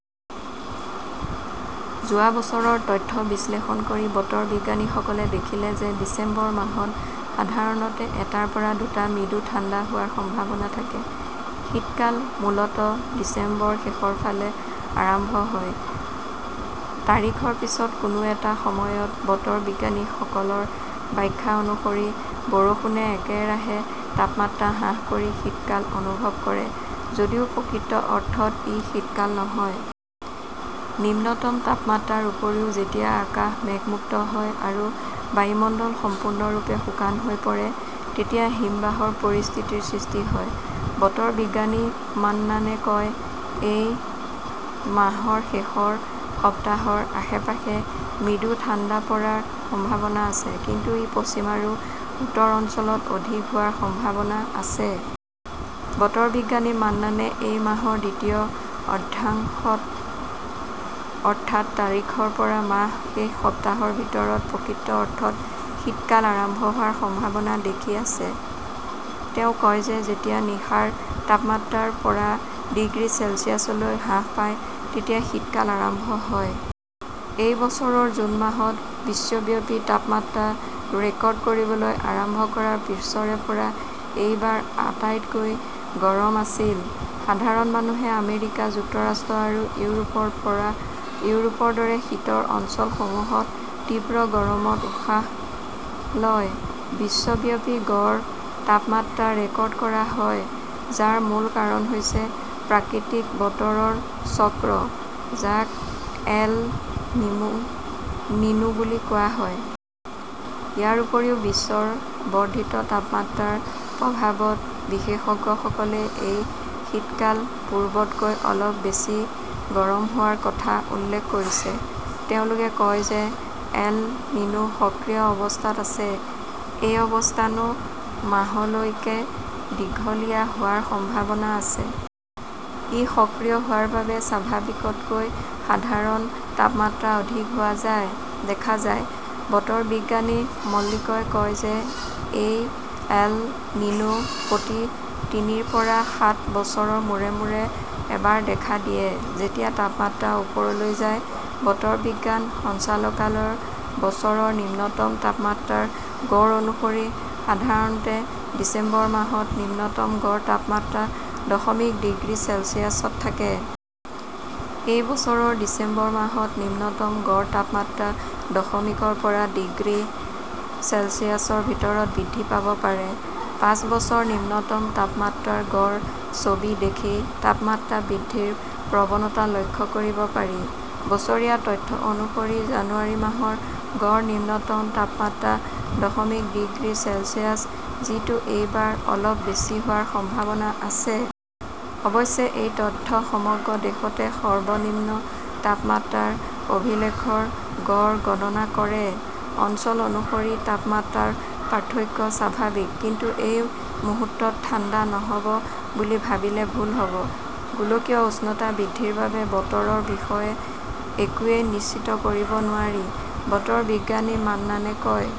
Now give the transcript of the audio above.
যোৱা বছৰৰ তথ্য বিশ্লেষণ কৰি বতৰ বিজ্ঞানীসকলে দেখিলে যে ডিচেম্বৰ মাহত সাধাৰণতে এটাৰ পৰা দুটা মৃদু ঠাণ্ডা হোৱাৰ সম্ভাৱনা থাকে। শীতকাল মূলতঃ ডিচেম্বৰৰ শেষৰ ফালে আৰম্ভ হয়, তাৰিখৰ পিছত কোনো এটা সময়ত। বতৰ বিজ্ঞানীসকলৰ ব্যাখ্যা অনুসৰি, বৰষুণে একেৰাহে তাপমাত্ৰা হ্ৰাস কৰি শীতকাল অনুভৱ কৰে যদিও প্ৰকৃত অৰ্থত ই শীতকাল নহয়। নিম্নতম তাপমাত্ৰাৰ উপৰিও যেতিয়া আকাশ মেঘমুক্ত হয় আৰু বায়ুমণ্ডল সম্পূৰ্ণৰূপে শুকান হৈ পৰে তেতিয়া হিমবাহৰ পৰিস্থিতিৰ সৃষ্টি হয়। বতৰ বিজ্ঞানী মান্নানে কয়, "এই মাহৰ শেষৰ সপ্তাহৰ আশে-পাশে মৃদু ঠাণ্ডা পৰাৰ সম্ভাৱনা আছে, কিন্তু ই পশ্চিম আৰু উত্তৰ অঞ্চলত অধিক হোৱাৰ সম্ভাৱনা আছে। " "বতৰ বিজ্ঞানী মান্নানে এই মাহৰ দ্বিতীয় অৰ্ধাংশত, অৰ্থাৎ তাৰিখৰ পৰা মাহৰ শেষ সপ্তাহৰ ভিতৰত প্ৰকৃত অৰ্থত শীতকাল আৰম্ভ হোৱাৰ সম্ভাৱনা দেখি আছে। তেওঁ কয় যে যেতিয়া নিশাৰ তাপমাত্ৰা ৰ পৰা ডিগ্ৰী চেলছিয়াছলৈ হ্ৰাস পায়, তেতিয়া শীতকাল আৰম্ভ হয়। এই বছৰৰ জুন মাহত বিশ্বব্যাপী তাপমাত্ৰা ৰেকৰ্ড কৰিবলৈ আৰম্ভ কৰাৰ পিছৰে পৰা এই বাৰ আটাইতকৈ গৰম আছিল। সাধাৰণ মানুহে আমেৰিকা যুক্তৰাষ্ট্ৰ আৰু ইউৰোপৰ দৰে শীতল অঞ্চলসমূহত তীব্ৰ গৰমত উশাহ লয়। বিশ্বব্যাপী গড় তাপমাত্ৰা ৰেকৰ্ড কৰা হয়, যাৰ মূল কাৰণ হৈছে প্ৰাকৃতিক বতৰৰ চক্ৰ যাক 'এল নিনো "বুলি কোৱা হয়। ইয়াৰ উপৰিও বিশ্বৰ বৰ্ধিত তাপমাত্ৰাৰ প্ৰভাৱত বিশেষজ্ঞসকলে এই শীতকাল পূৰ্বতকৈ অলপ বেছি গৰম হোৱাৰ কথা উল্লেখ কৰিছে। তেওঁলোকে কয় যে এল নিনো সক্ৰিয় অৱস্থাত আছে। এই অৱস্থা মে "মাহলৈকে দীঘলীয়া হোৱাৰ সম্ভাৱনা আছে। ই সক্ৰিয় হোৱাৰ বাবে স্বাভাৱিকতকৈ সাধাৰণ তাপমাত্ৰা অধিক দেখা যায়। বতৰ বিজ্ঞানী মল্লিকই কয় যে এই 'এল নিনো "প্ৰতি তিনিৰ পৰা সাত বছৰৰ মূৰে মূৰে এবাৰ দেখা দিয়ে-যেতিয়া তাপমাত্ৰা ওপৰলৈ যায়। বতৰ বিজ্ঞান সঞ্চালকালয়ৰ বছৰৰ নিম্নতম তাপমাত্ৰাৰ গড় অনুসৰি, সাধাৰণতে ডিচেম্বৰ মাহত নিম্নতম গড় তাপমাত্ৰা দশমিক ডিগ্ৰী চেলছিয়াছত থাকে। এই বছৰৰ ডিচেম্বৰ মাহত নিম্নতম গড় তাপমাত্ৰা দশমিক ৰ পৰা ডিগ্ৰী চেলছিয়াছৰ ভিতৰত বৃদ্ধি পাব পাৰে। পাঁচ বছৰৰ নিম্নতম তাপমাত্ৰাৰ গড় ছবি দেখি তাপমাত্ৰা বৃদ্ধিৰ প্ৰৱণতা লক্ষ্য কৰিব পাৰি। বছৰীয়া তথ্য অনুসৰি, জানুৱাৰী মাহৰ গড় নিম্নতম তাপমাত্ৰা দশমিক ডিগ্ৰী চেলছিয়াছ, যিটো এইবাৰ অলপ বেছি হোৱাৰ সম্ভাৱনা আছে। অৱশ্যে, এই তথ্যই সমগ্ৰ দেশতে সৰ্বনিম্ন তাপমাত্ৰাৰ অভিলেখৰ গড় গণনা কৰে। অঞ্চল অনুসৰি তাপমাত্ৰাৰ পাৰ্থক্য স্বাভাৱিক। কিন্তু এই মুহূৰ্তত ঠাণ্ডা নহ "ব বুলি ভাবিলে ভুল হ" ব। গোলকীয় উষ্ণতা বৃদ্ধিৰ বাবে বতৰৰ বিষয়ে একোৱেই নিশ্চিত কৰিব নোৱাৰি। বতৰ বিজ্ঞানী মান্নানে কয়,